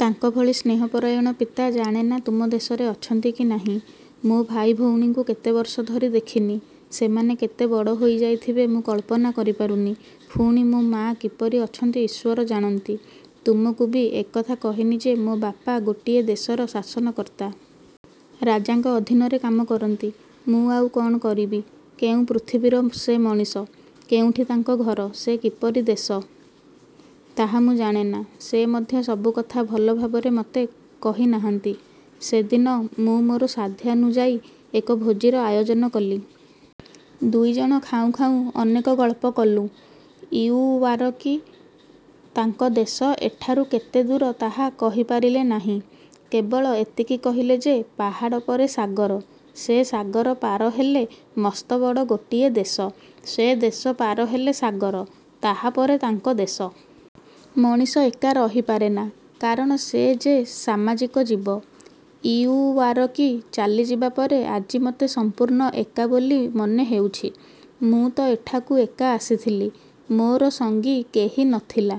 ତାଙ୍କଭଳି ସ୍ନେହପରାୟଣ ପିତା ଜାଣେନା ତୁମ ଦେଶରେ ଅଛନ୍ତି କି ନାହିଁ। ମୋ ଭାଇ ଭଉଣୀଙ୍କୁ କେତେ ବର୍ଷ ଧରି ଦେଖିନି, ସେମାନେ କେତେ ବଡ଼ ହୋଇଯାଇଥିବେ ମୁଁ କଳ୍ପନା କରିପାରୁନି। ପୁଣି ମୋ ମା' କିପରି ଅଛନ୍ତି, ଈଶ୍ୱର ଜାଣନ୍ତି। ତୁମକୁ ବି ଏକଥା କହିନି ଯେ, ମୋ ବାପା ଗୋଟିଏ ଦେଶର ଶାସନକର୍ତ୍ତା। ରାଜାଙ୍କ ଅଧୀନରେ କାମ କରନ୍ତି। '' ମୁଁ ଆଉ କ'ଣ କରିବି? କେଉଁ ପୃଥିବୀର ସେ ମଣିଷ, କେଉଁଠି ତାଙ୍କ ଘର, ସେ କିପରି ଦେଶ, ତାହା ମୁଁ ଜାଣେନା। ସ ମଧ୍ୟ ସବୁକଥା ଭଲଭାବରେ ମୋତେ କହିନାହାନ୍ତି। ସେଦିନ ମୁଁ ମୋର ସାଧ୍ୟାନୁଯାୟୀ ଏକ ଭୋଜୀର ଆୟୋଜନ କଲି। ଦୁଇଜଣ ଖାଉଁ ଖାଉଁ ଅନେକ ଗଳ୍ପ କଲୁଁ। ଇଉଓୟାରକି ତାଙ୍କ ଦେଶ ଏଠାରୁ କେତେଦୂର ତାହା କହିପାରିଲେ ନାହିଁ, କେବଳ ଏତିକି କହିଲେ ଯେ, ପାହାଡ଼ ପରେ ସାଗର, ସେ ସାଗର ପାର ହେଲେ ମସ୍ତବଡ଼ ଗୋଟିଏ ଦେଶ, ସେ ଦେଶ ପାର ହେଲେ ସାଗର, ତାହାପରେ ତାଙ୍କ ଦେଶ। ମଣିଷ ଏକା ରହିପାରେନା। କାରଣ ସେ ଯେ ସାମାଜିକ ଜୀବ। ଇଉଓୟାରକି ଚାଲିଯିବା ପରେ ଆଜି ମୋତେ ସମ୍ପୂର୍ଣ୍ଣ ଏକା ବୋଲି ମନେହେଉଛି। ମୁଁ ତ ଏଠାକୁ ଏକା ଆସିଥିଲି, ମୋର ସଙ୍ଗୀ କେହି ନ ଥିଲା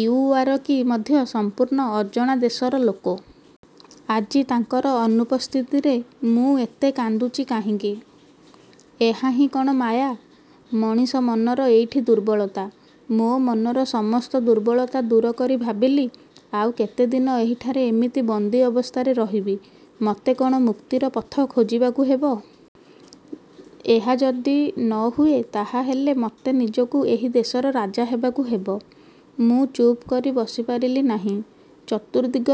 ଇଉଓୟାରକି ମଧ୍ୟ ସମ୍ପୂର୍ଣ୍ଣ ଅଜଣା ଦେଶର ଲୋକ। ଆଜି ତାଙ୍କର ଅନୁପସ୍ଥିତିରେ ମୁଁ ଏତେ କାନ୍ଦୁଛି କାହିଁକ? ଏହାହିଁ କ'ଣ ମାୟା? ମଣିଷ ମନର ଏଇଠି ଦୁର୍ବଳତା। ମୋ ମନର ସମସ୍ତ ଦୁର୍ବଳତା ଦୂର କରି ଭାବିଲି, ଆଉ କେତେଦିନ ଏହିଠାରେ ଏମିତି ବନ୍ଦୀ ଅବସ୍ଥାରେ ରହିବି। ମୋତେ କ'ଣ ମୁକ୍ତିର ପଥ ଖୋଜିବାକୁ ହେବ? ଏହା ଯଦି ନ ହୁଏ, ତାହାହେଲେ ମୋତେ ନିଜକୁ ଏହି ଦେଶର ରାଜା ହେବାକୁ ହେବ-। ମୁଁ ଚୁପ୍ କରି ବସିପାରିଲି ନାହିଁ। ଚତୁର୍ଦ୍ଦିଗ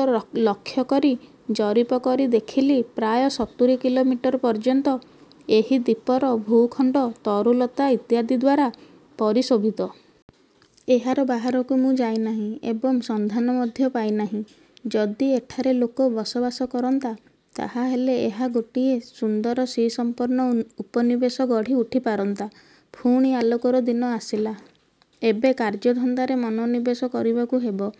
ଲକ୍ଷ୍ୟ କରି ଜରିପ କରି ଦେଖିଲି ପ୍ରାୟ ସତୁରୀ କିଲୋମିଟର ପର୍ଯ୍ୟନ୍ତ ଏଇ ଦ୍ୱୀପର ଭୂଖଣ୍ଡ ତରୁଲତା ଇତ୍ୟାଦିଦ୍ୱାରା ପରିଶୋଭିତ। ଏହାର ବାହାରକୁ ମୁଁ ଯାଇ ନାହିଁ ଏବଂ ସନ୍ଧାନ ମଧ୍ୟ ପାଇ ନାହିଁ। ଯଦି ଏଠାରେ ଲୋକ ବସବାସ କରନ୍ତା, ତାହାହେଲେ ଏହା ଗୋଟିଏ ସୁନ୍ଦର ଶ୍ରୀସମ୍ପନ୍ନ ଉପନିବେଶ ଗଢ଼ି ଉଠିପାରନ୍ତା। ପୁଣି ଆଲୋକର ଦିନ ଆସିଲା, ଏବେ କାର୍ଯ୍ୟଧନ୍ଦାରେ ମନୋନିବେଶ କରିବାକୁ ହେବ-।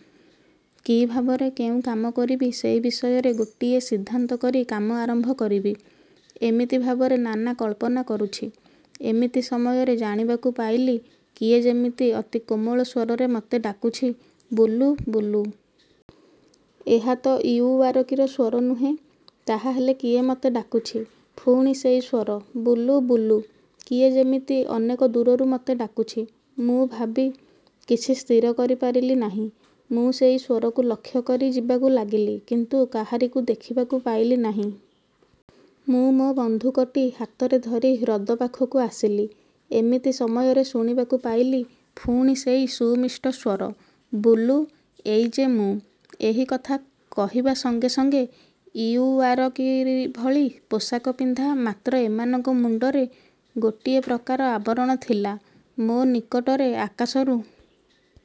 କି ଭାବରେ କେଉଁ କାମ କରିବି, ସେଇ ବିଷୟରେ ଗୋଟିଏ ସିଦ୍ଧାନ୍ତ କରି କାମ ଆରମ୍ଭ କରିବି-ଏମିତି ଭାବରେ ନାନା କଳ୍ପନା କରୁଛି, ଏମିତି ସମୟରେ ଜାଣିବାକୁ ପାଇଲି, କିଏ ଯେମିତି ଅତି କୋମଳ ସ୍ୱରରେ ମୋତେ ଡାକୁଛି-''ବୁଲୁ, ବୁଲୁ! '' ଏହା ତ ଇଉଓୟାରକିର ସ୍ୱର ନୁହେଁ, ତାହାହେଲେ କିଏ ମୋତେ ଡାକୁଛି? ପୁଣି ସେଇ ସ୍ୱର,-''ବୁଲୁ, ବୁଲୁ '' କିଏ ଯେମିତି ଅନେକ ଦୂରରୁ ମୋତେ ଡାକୁଛି। ମୁଁ ଭାବି। କିଛି ସ୍ଥିର କରିପାରିଲି ନାହିଁ। ମୁଁ ସେଇ ସ୍ୱରକୁ ଲକ୍ଷ୍ୟ କରି ଯିବାକୁ ଲାଗିଲି; କିନ୍ତୁ କାହାରିକୁ ଦେଖିବାକୁ ପାଇଲି ନାହିଁ-। ମୁଁ ମୋ ବନ୍ଧୁକଟି ହାତରେ ଧରି ହ୍ରଦ ପାଖକୁ ଆସିଲି। ଏମିତି ସମୟରେ ଶୁଣିବାକୁ ପାଇଲି, ପୁଣି ସେଇ ସୁମିଷ୍ଟ ସ୍ୱର-''ବୁଲୁ ''. ''ଏଇ ଯେ ମୁଁ। '' ଏହି କଥା କହିବା ସଙ୍ଗେ ସଙ୍ଗେ ଇଉଓୟାରକିଭଳି ପୋଷାକ ପିନ୍ଧା; ମାତ୍ର ଏମାନଙ୍କ ମୁଣ୍ଡରେ ଗୋଟିଏ ପ୍ରକାର ଆବରଣ ଥିଲା-ମୋ ନିକଟରେ ଆକାଶରୁ